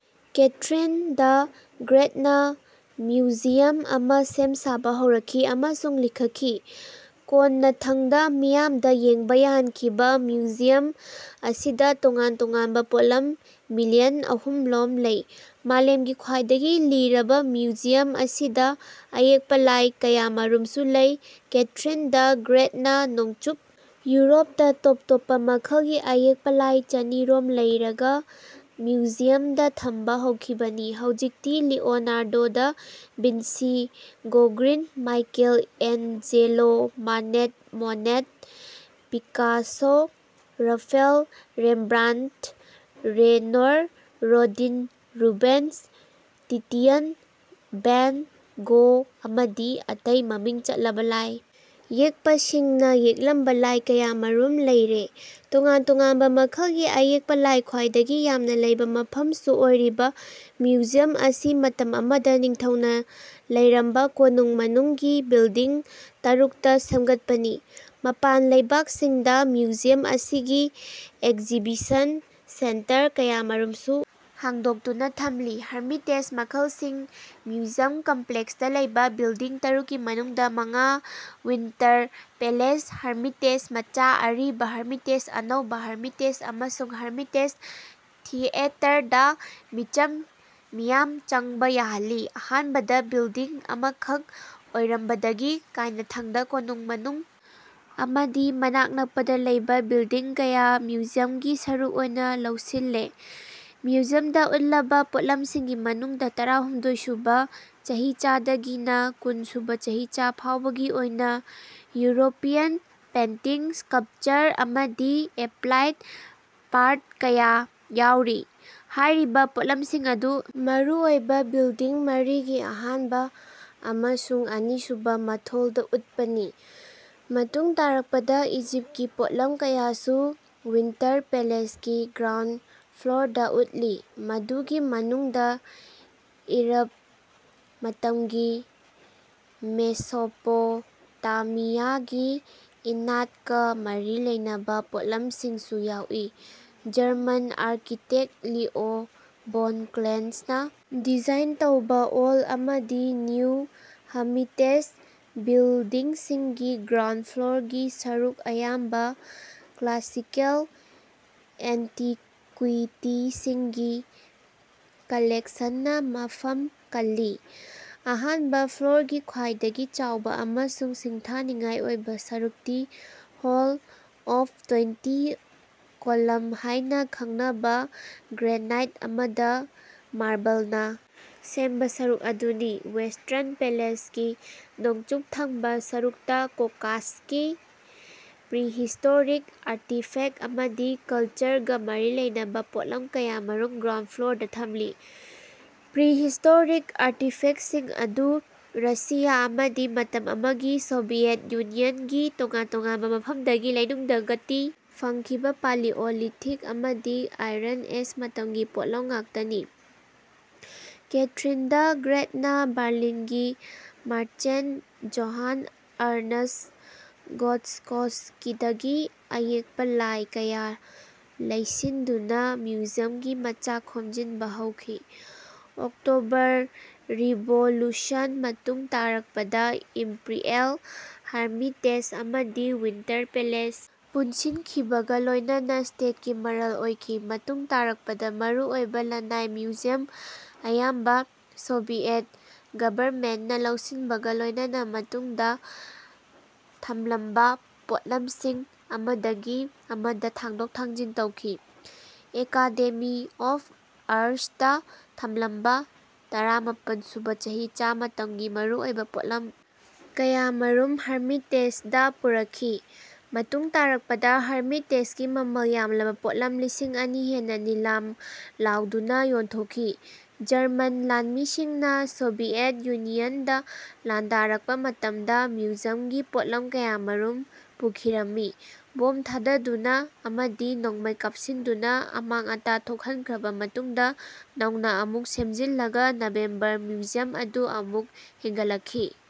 Catherine the ꯒ꯭ꯔꯦꯠꯅ ꯃ꯭ꯌꯨꯖꯤꯌꯝ ꯑꯃꯥ ꯁꯦꯝ-ꯁꯥꯕ ꯍꯧꯔꯛꯈꯤ ꯑꯃꯁꯨꯡ ꯂꯤꯡꯈꯠꯈꯤ꯫ꯀꯣꯟꯅꯊꯪꯗ ꯃꯤꯌꯥꯝꯗ ꯌꯦꯡꯕ ꯌꯥꯍꯟꯈꯤꯕ ꯃ꯭ꯌꯨꯖꯤꯌꯝ ꯑꯁꯤꯗ ꯇꯣꯉꯥꯟ ꯇꯣꯉꯥꯟꯕ ꯄꯣꯠꯂꯝ ꯃꯤꯂꯤꯌꯟ ꯑꯍꯨꯝꯂꯣꯝ ꯂꯩ꯫ ꯃꯥꯂꯦꯝꯒꯤ ꯈ꯭ꯋꯥꯏꯗꯒꯤ ꯂꯤꯔꯕ ꯃ꯭ꯌꯨꯖꯤꯌꯝ ꯑꯁꯤꯗ ꯑꯌꯦꯛꯄ ꯂꯥꯏ ꯀꯌꯥꯃꯔꯨꯝꯁꯨ ꯂꯩ꯫ ꯀꯦꯊꯔꯤꯟ ꯗ ꯒ꯭ꯔꯦꯠꯅ ꯅꯣꯡꯆꯨꯞ ꯌꯨꯔꯣꯞꯇ ꯇꯣꯞ ꯇꯣꯞꯄ ꯃꯈꯜꯒꯤ ꯑꯌꯦꯛꯄ ꯂꯥꯏ ꯆꯅꯤꯔꯣꯝ ꯂꯩꯔꯒ ꯃ꯭ꯌꯨꯖꯤꯌꯝꯗ ꯊꯝꯕ ꯍꯧꯈꯤꯕꯅꯤ꯫ ꯍꯧꯖꯤꯛꯇꯤ Leonardo da Vinci, Gauguin Michelangelo, Manet, Monet, Picasso Raphael, Rembrandt, Renoir, Rodin Rubens, Titian, Van Gogh ꯑꯃꯗꯤ ꯑꯇꯩ ꯃꯃꯤꯡ ꯆꯠꯂꯕ ꯂꯥꯏ ꯌꯦꯛꯄꯁꯤꯡꯅ ꯌꯦꯛꯂꯝꯕ ꯂꯥꯏ ꯀꯌꯥꯃꯔꯨꯝ ꯂꯩꯔꯦ꯫ ꯇꯣꯉꯥꯟ ꯇꯣꯉꯥꯟꯕ ꯃꯈꯜꯒꯤ ꯑꯌꯦꯛꯄ ꯂꯥꯏ ꯈ꯭ꯋꯥꯏꯗꯒꯤ ꯌꯥꯝꯅ ꯂꯩꯕ ꯃꯐꯝꯁꯨ ꯑꯣꯏꯔꯤꯕ ꯃ꯭ꯌꯨꯖꯤꯌꯝ ꯑꯁꯤ ꯃꯇꯝ ꯑꯃꯗ ꯅꯤꯡꯊꯧꯅ ꯂꯩꯔꯝꯕ ꯀꯣꯅꯨꯡ ꯃꯅꯨꯡꯒꯤ ꯕꯤꯜꯗꯤꯡ ꯇꯔꯨꯛꯇ ꯁꯦꯝꯒꯠꯄꯅꯤ꯫ ꯃꯄꯥꯟ ꯂꯩꯕꯥꯛꯁꯤꯡꯗ ꯃ꯭ꯌꯨꯖꯤꯌꯝ ꯑꯁꯤꯒꯤ ꯑꯦꯛꯖꯤꯕꯤꯁꯟ ꯁꯦꯟꯇꯔ ꯀꯌꯥꯃꯔꯨꯝꯁꯨ ꯍꯥꯡꯗꯣꯛꯇꯨꯅ ꯊꯝꯂꯤ꯫ ꯍꯔꯃꯤꯇꯦꯖ ꯃꯈꯜꯁꯤꯡ ꯃ꯭ꯌꯨꯖꯤꯌꯝ ꯀꯝꯄ꯭ꯂꯦꯛꯁꯇ ꯂꯩꯕ ꯕꯤꯜꯗꯤꯡ ꯇꯔꯨꯛꯀꯤ ꯃꯅꯨꯡꯗ ꯃꯉꯥ ꯋꯤꯟꯇꯔ ꯄꯦꯂꯦꯁ, ꯍꯔꯃꯤꯇꯦꯖ ꯃꯆꯥ, ꯑꯔꯤꯕ ꯍꯔꯃꯤꯇꯦꯖ, ꯑꯅꯧꯕ ꯍꯥꯔꯃꯤꯇꯦꯖ ꯑꯃꯁꯨꯡ ꯍꯔꯃꯤꯇꯦꯖ ꯊꯤꯑꯦꯇꯔꯗ ꯃꯤꯆꯝ ꯃꯤꯌꯥꯝ ꯆꯪꯕ ꯌꯥꯍꯜꯂꯤ꯫ ꯑꯍꯥꯟꯕꯗ ꯕꯤꯜꯗꯤꯡ ꯑꯃꯈꯛ ꯑꯣꯏꯔꯝꯕꯗꯒꯤ ꯀꯥꯏꯅꯊꯪꯗ ꯀꯣꯅꯨꯡ ꯃꯅꯨꯡ ꯑꯃꯗꯤ ꯃꯅꯥꯛ ꯅꯛꯄꯗ ꯂꯩꯕ ꯕꯤꯜꯗꯤꯡ ꯀꯌꯥ ꯃ꯭ꯌꯨꯖꯤꯌꯝꯒꯤ ꯁꯔꯨꯛ ꯑꯣꯏꯅ ꯂꯧꯁꯤꯜꯂꯦ꯫ ꯃ꯭ꯌꯨꯖꯤꯌꯝꯗ ꯎꯠꯂꯕ ꯄꯣꯠꯂꯝꯁꯤꯡꯒꯤ ꯃꯅꯨꯡꯗ ꯇꯔꯥꯍꯨꯝꯗꯣꯏ ꯁꯨꯕ ꯆꯍꯤꯆꯥꯗꯒꯤꯅ ꯀꯨꯟ ꯁꯨꯕ ꯆꯍꯤꯆꯥ ꯐꯥꯎꯕꯒꯤ ꯑꯣꯏꯅ ꯌꯨꯔꯣꯄꯤꯌꯥꯟ ꯄꯦꯟꯇꯤꯡ ꯁ꯭ꯀꯜꯄꯆꯔ ꯑꯃꯗꯤ ꯑꯦꯄ꯭ꯂꯥꯏꯗ ꯄꯥꯔꯠ ꯀꯌꯥ ꯌꯥꯎꯔꯤ꯫ ꯍꯥꯏꯔꯤꯕ ꯄꯣꯠꯂꯝꯁꯤꯡ ꯑꯗꯨ ꯃꯔꯨꯑꯣꯏꯕ ꯕꯤꯜꯗꯤꯡ ꯃꯔꯤꯒꯤ ꯑꯍꯥꯟꯕ ꯑꯃꯁꯨꯡ ꯑꯅꯤꯁꯨꯕ ꯃꯊꯣꯜꯗ ꯎꯠꯄꯅꯤ꯫ ꯃꯇꯨꯡ ꯇꯥꯔꯛꯄꯗ ꯏꯖꯤꯞꯀꯤ ꯄꯣꯠꯂꯝ ꯀꯌꯥꯁꯨ ꯋꯤꯟꯇꯔ ꯄꯦꯂꯦꯁꯀꯤ ꯒ꯭ꯔꯥꯎꯟ ꯐ꯭ꯂꯣꯔꯗ ꯎꯠꯂꯤ꯫ ꯃꯗꯨꯒꯤ ꯃꯅꯨꯡꯗ ꯑꯤꯔꯕ ꯃꯇꯝꯒꯤ ꯃꯦꯁꯣꯄꯣꯇꯥꯃꯤꯌꯥꯒꯤ ꯏꯅꯥꯠꯀ ꯃꯔꯤ ꯂꯩꯅꯕ ꯄꯣꯠꯂꯝꯁꯤꯡꯁꯨ ꯌꯥꯎꯏ꯫ ꯖꯔꯃꯟ ꯑꯥꯔꯀꯤꯇꯦꯛ ꯂꯤꯑꯣ ꯚꯣꯟ ꯀ꯭ꯂꯦꯟꯖꯅ ꯗꯤꯖꯥꯏꯟ ꯇꯧꯕ ꯑꯣꯜ ꯑꯃꯗꯤ ꯅ꯭ꯌꯨ ꯍꯃꯤꯇꯦꯖ ꯕꯤꯜꯗꯤꯡꯁꯤꯡꯒꯤ ꯒ꯭ꯔꯥꯎꯟ ꯐ꯭ꯂꯣꯔꯒꯤ ꯁꯔꯨꯛ ꯑꯌꯥꯝꯕ ꯀ꯭ꯂꯥꯁꯤꯀꯦꯜ ꯑꯦꯟꯇꯤꯀ꯭ꯋꯤꯇꯤꯁꯤꯡꯒꯤ ꯀꯂꯦꯛꯁꯟꯅ ꯃꯐꯝ ꯀꯜꯂꯤ꯫ ꯑꯍꯥꯟꯕ ꯐ꯭ꯂꯣꯔꯒꯤ ꯈ꯭ꯋꯥꯏꯗꯒꯤ ꯆꯥꯎꯕ ꯑꯃꯁꯨꯡ ꯁꯤꯡꯊꯥꯅꯤꯡꯉꯥꯏ ꯑꯣꯏꯕ ꯁꯔꯨꯛꯇꯤ ꯍꯣꯜ ꯑꯣꯞ ꯇ꯭ꯋꯦꯟꯇꯤ ꯀꯣꯂꯝ ꯍꯥꯏꯅ ꯈꯪꯅꯕ ꯒ꯭ꯔꯦꯅꯥꯏꯠ ꯑꯃꯗ ꯃꯥꯔꯕꯜꯅ ꯁꯦꯝꯕ ꯁꯔꯨꯛ ꯑꯗꯨꯅꯤ꯫ ꯋꯦꯁꯇ꯭ꯔꯟ ꯄꯦꯂꯦꯁꯀꯤ ꯅꯣꯡꯆꯨꯞ ꯊꯪꯕ ꯁꯔꯨꯛꯇ ꯀꯣꯀꯥꯁꯁꯀꯤ ꯄ꯭ꯔꯤꯍꯤꯁꯇꯣꯔꯤꯛ ꯑꯥꯔꯇꯤꯐꯦꯛ ꯑꯃꯗꯤ ꯀꯜꯆꯔꯒ ꯃꯔꯤ ꯂꯩꯅꯕ ꯄꯣꯠꯂꯝ ꯀꯌꯥꯃꯔꯨꯝ ꯒ꯭ꯔꯥꯎꯟ ꯐ꯭ꯂꯣꯔꯗ ꯊꯝꯂꯤ꯫ ꯄ꯭ꯔꯤꯍꯤꯁꯇꯣꯔꯤꯛ ꯑꯥꯔꯇꯤꯐꯦꯛꯁꯤꯡ ꯑꯗꯨ ꯔꯁꯤꯌꯥ ꯑꯃꯗꯤ ꯃꯇꯝ ꯑꯃꯒꯤ ꯁꯣꯚꯤꯑꯦꯠ ꯌꯨꯅꯤꯌꯟꯒꯤ ꯇꯣꯉꯥꯟ ꯇꯣꯉꯥꯟꯕ ꯃꯐꯝꯗꯒꯤ ꯂꯩꯅꯨꯡꯗꯒꯇꯤ ꯐꯪꯈꯤꯕ ꯄꯥꯂꯤꯑꯣꯂꯤꯊꯤꯛ ꯑꯃꯗꯤ ꯑꯥꯏꯔꯟ ꯑꯦꯖ ꯃꯇꯝꯒꯤ ꯄꯣꯠꯂꯝ ꯉꯥꯛꯇꯅꯤ꯫ ꯀꯦꯊꯔꯤꯟ ꯗ ꯒ꯭ꯔꯦꯠꯅ ꯕꯔꯂꯤꯟꯒꯤ ꯃꯥꯔꯆꯦꯟꯠ ꯖꯣꯍꯥꯟ ꯑꯔꯅꯁ ꯒꯣꯠꯁꯀꯣꯁꯀꯤꯗꯒꯤ ꯑꯌꯦꯛꯄ ꯂꯥꯏ ꯀꯌꯥ ꯂꯩꯁꯤꯟꯗꯨꯅ ꯃ꯭ꯌꯨꯖꯤꯌꯝꯒꯤ ꯃꯆꯥꯛ ꯈꯣꯝꯖꯤꯟꯕ ꯍꯧꯈꯤ꯫ ꯑꯣꯛꯇꯣꯕꯔ ꯔꯤꯚꯣꯂꯨꯁꯟ ꯃꯇꯨꯡ ꯇꯥꯔꯛꯄꯗ ꯏꯝꯄꯔꯤꯑꯦꯜ ꯍꯥꯔꯃꯤꯇꯦꯖ ꯑꯃꯗꯤ ꯋꯤꯟꯇꯔ ꯄꯦꯂꯦꯁ ꯄꯨꯟꯁꯤꯟꯈꯤꯕꯒ ꯂꯣꯏꯅꯅ ꯁ꯭ꯇꯦꯠꯀꯤ ꯃꯔꯜ ꯑꯣꯏꯈꯤ꯫ ꯃꯇꯨꯡ ꯇꯥꯔꯛꯄꯗ ꯃꯔꯨꯑꯣꯏꯕ ꯂꯟꯅꯥꯏ ꯃ꯭ꯌꯨꯖꯤꯌꯝ ꯑꯌꯥꯝꯕ ꯁꯣꯚꯤꯑꯦꯠ ꯒꯚꯔꯃꯦꯟꯠꯅ ꯂꯧꯁꯤꯟꯕꯒ ꯂꯣꯏꯅꯅ ꯃꯇꯨꯡꯗ ꯊꯝꯂꯝꯕ ꯄꯣꯠꯂꯝꯁꯤꯡ ꯑꯃꯗꯒꯤ ꯑꯃꯗ ꯊꯥꯡꯗꯣꯛ ꯊꯥꯡꯖꯤꯟ ꯇꯧꯈꯤ꯫ ꯑꯦꯀꯥꯗꯦꯃꯤ ꯑꯣꯐ ꯑꯥꯔꯠꯁꯇ ꯊꯝꯂꯝꯕ ꯇꯔꯥꯃꯥꯄꯟ ꯁꯨꯕ ꯆꯍꯤꯆꯥ ꯃꯇꯝꯒꯤ ꯃꯔꯨꯑꯣꯏꯕ ꯄꯣꯠꯂꯝ ꯀꯌꯥꯃꯔꯨꯝ ꯍꯔꯃꯤꯇꯦꯖꯗ ꯄꯨꯔꯛꯈꯤ꯫ ꯃꯇꯨꯡ ꯇꯥꯔꯛꯄꯗ ꯍꯔꯃꯤꯇꯦꯖꯒꯤ ꯃꯃꯜ ꯌꯥꯝꯂꯕ ꯄꯣꯠꯂꯝ ꯂꯤꯁꯤꯡ ꯑꯅꯤ ꯍꯦꯟꯅ ꯅꯤꯂꯥꯝ ꯂꯥꯎꯗꯨꯅ ꯌꯣꯟꯊꯣꯛꯈꯤ꯫ ꯖꯔꯃꯟ ꯂꯥꯟꯃꯤꯁꯤꯡꯅ ꯁꯣꯚꯤꯑꯦꯠ ꯌꯨꯅꯤꯌꯟꯗ ꯂꯥꯟꯗꯥꯔꯛꯄ ꯃꯇꯝꯗ ꯃ꯭ꯌꯨꯖꯤꯌꯝꯒꯤ ꯄꯣꯠꯂꯝ ꯀꯌꯥꯃꯔꯨꯝ ꯄꯨꯈꯤꯔꯝꯃꯤ꯫ ꯕꯣꯝ ꯊꯥꯗꯗꯨꯅ ꯑꯃꯗꯤ ꯅꯣꯡꯃꯩ ꯀꯥꯞꯁꯤꯟꯗꯨꯅ ꯑꯃꯥꯡ ꯑꯇꯥ ꯊꯣꯛꯍꯟꯈ꯭ꯔꯕ ꯃꯇꯨꯡꯗ ꯅꯧꯅ ꯑꯃꯨꯛ ꯁꯦꯝꯖꯤꯜꯂꯒ ꯅꯕꯦꯝꯕꯔ ꯃ꯭ꯌꯨꯖꯤꯌꯝ ꯑꯗꯨ ꯑꯃꯨꯛ ꯍꯤꯡꯒꯠꯂꯛꯈꯤ꯫